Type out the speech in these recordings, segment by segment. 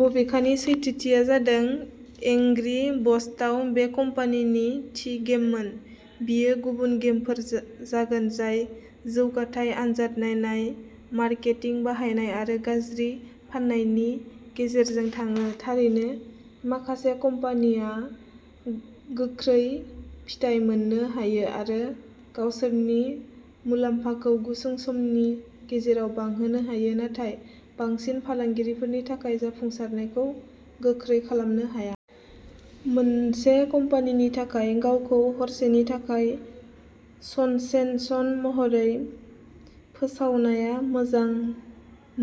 बबेखानि, सैथोआ जादों एंग्री बर्डसआ बे कम्पानिनि थि गेममोन। बेयो गुबुन गेमफोर जागोन जाय जौगाथाय, आनजाद नायनाय, मार्केटिं, बाहायनाय आरो गाज्रि फाननायनि गेजेरजों थाङो। थारैनो, मोनसे कम्पानिआ गोख्रै फिथाय मोननो हायो आरो गावसोरनि मुलाम्फाखौ गुसुं समनि गेजेराव बांहोनो हायो, नाथाय बांसिन फालांगिफोरनि थाखाय जाफुंसारनायखौ गोख्रै खालामनो हाया। मोनसे कम्पानिनि थाखाय गावखौ हरसेनि थाखाय सेनसेसन महरै फोसावनाया मोजां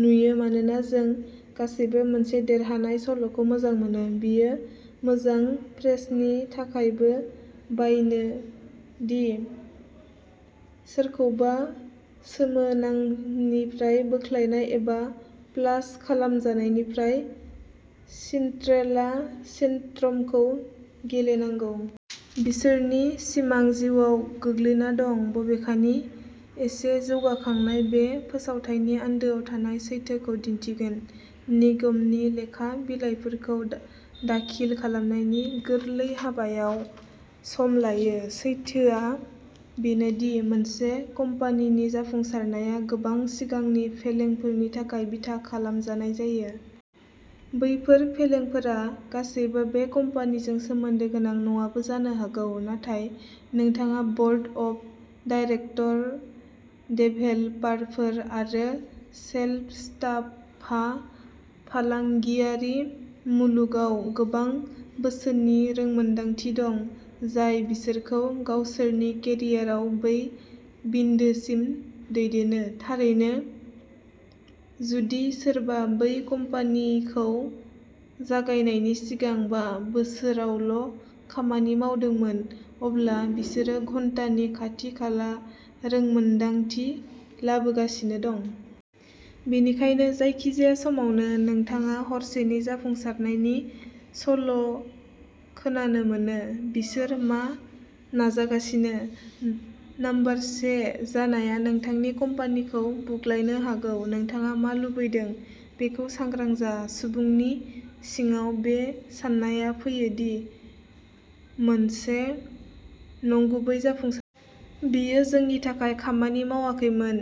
नुयो मानोना जों गासैबो मोनसे देरहानाय सल'खौ मोजां मोनो। बेयो मोजां प्रेसनि थाखायबो बानायो दि सोरखौबा गोमोनानिफ्राय बोख्लायनाय आरो प्लप खालामजानायनिफ्राय सिन्ड्रेला सिनड्रमखौ गेलेनांगौ। बिसोरनि सिमां जिउआव गोग्लैना दं। बबेखानि, एसे जावखांनाया बे फोसावथायनि आन्दोआव थानाय सैथोखौ दिन्थिगोन। निगमनि लेखा बिलाइफोरखौ दाखिल खालामनायनि गोरलै हाबायाबो सम लायो। सैथोआ बेनो दि मोनसे कम्पानिनि जाफुंसारनाया गोबां सिगांनि फेलेंफोरनि सायाव बिथा खालामजानाय जायो। बैफोर फेलेंफोरा गासैबो बै कम्पानिजों सोमोन्दो गोनां नङाबो जानो हागौ, नाथाय नोंथाङा ब'र्ड अफ डाइरेकटर, देभेलपारफोर आरो सेल्स स्टाफहा फालांगियारि मुलुगाव गोबां बोसोरनि रोंमोनदांथि दं, जाय बिसोरखौ गावसोरनि केरियारआव बे बिन्दोसिम दैदेनो। थारैनो, जुदि सोरबा बै कम्पानिखौ जागायनायनि सिगां बा बोसोरल'खामानि मावदोंमोन, अब्ला बिसोरो घन्टानि खाथि-खाला रोंमोनदांथि लाबोगासिनो दं। बेनिखायनो, जायखिजाया समावनो नोंथाङा हरसेनि जाफुंसारनायनि सल'खोनानो मोनो, "बिसोरो मा नागारगासिनो? " नम्बर से जानाया नोंथांनि कम्पानिखौ बुग्लायनो हागौ। "नोंथाङा मा लुबैदों बेखौ सांग्रां जा" मुंनि सिङाव बे साननाया फैयो दि मोनसे नंगुबै जाफुंसारनाय। बेयो जोंनि थाखाय खामानि मावाखैमोन।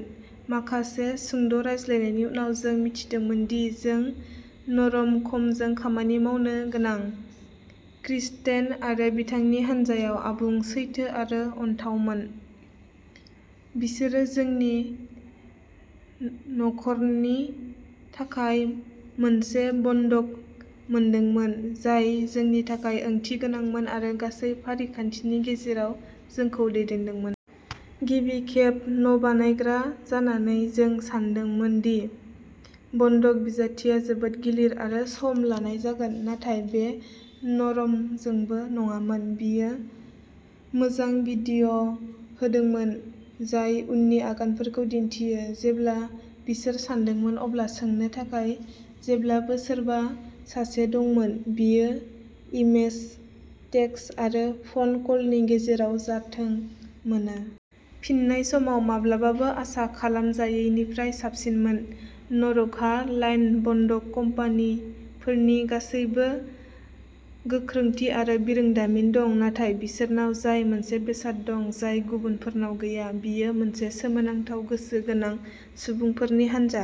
माखासे सुंद'रायज्लायनायनि उनाव, जों मिथिदोंमोन दि जों न'रकमजों खामानि मावनो गोनां। क्रिस्टेन आरो बिथांनि हान्जाया आबुं, सैथो आरो अनजाथावमोन। बिसोरो जोंनि न'खरनि थाखाय मोनसे बन्दक मोनदोंमोन जाय जोंनि थाखाय ओंथिगोनांमोन आरो गासै फारिखान्थिनि गेजेरजों जोंखौ दैदेनदोंमोन। गिबि खेब न'बायग्रा जानानै, जों सान्दोंमोन दि बन्दक बिखान्थिया जोबोद गिलिर आरो सम लानाय जागोन, नाथाय बेयो न'रकमजोंबो नङामोन। बिसोरो मोजां भिडिय'फोर होदोंमोन जाय उननि आगानफोरखौ खिन्थायो। जेब्ला बिसोर सोंदोंमोन अब्ला सोंनो थाखाय जेब्लाबो सोरबा सासे दंमोन, बेयो इमेल, टेक्सट, एबा फ'न कलनि गेजेरजों जाथों मानो। फिननाय समा माब्लाबाबो आसा खालामजायैनिख्रुइ साबसिनमोन। न'रकमहा अनलाइन बन्दक कम्पानिफोरनि गासैबो गोख्रैथि आरो बिरोंदामिन दं, नाथाय बिसोरनाव जाय मोनसे बेसाद दं जाय गुबुनफोरनाव गैया, बेयो मोनसे सोमोनांथाव गोसो गोनां सुबुंफोरनि हानजा।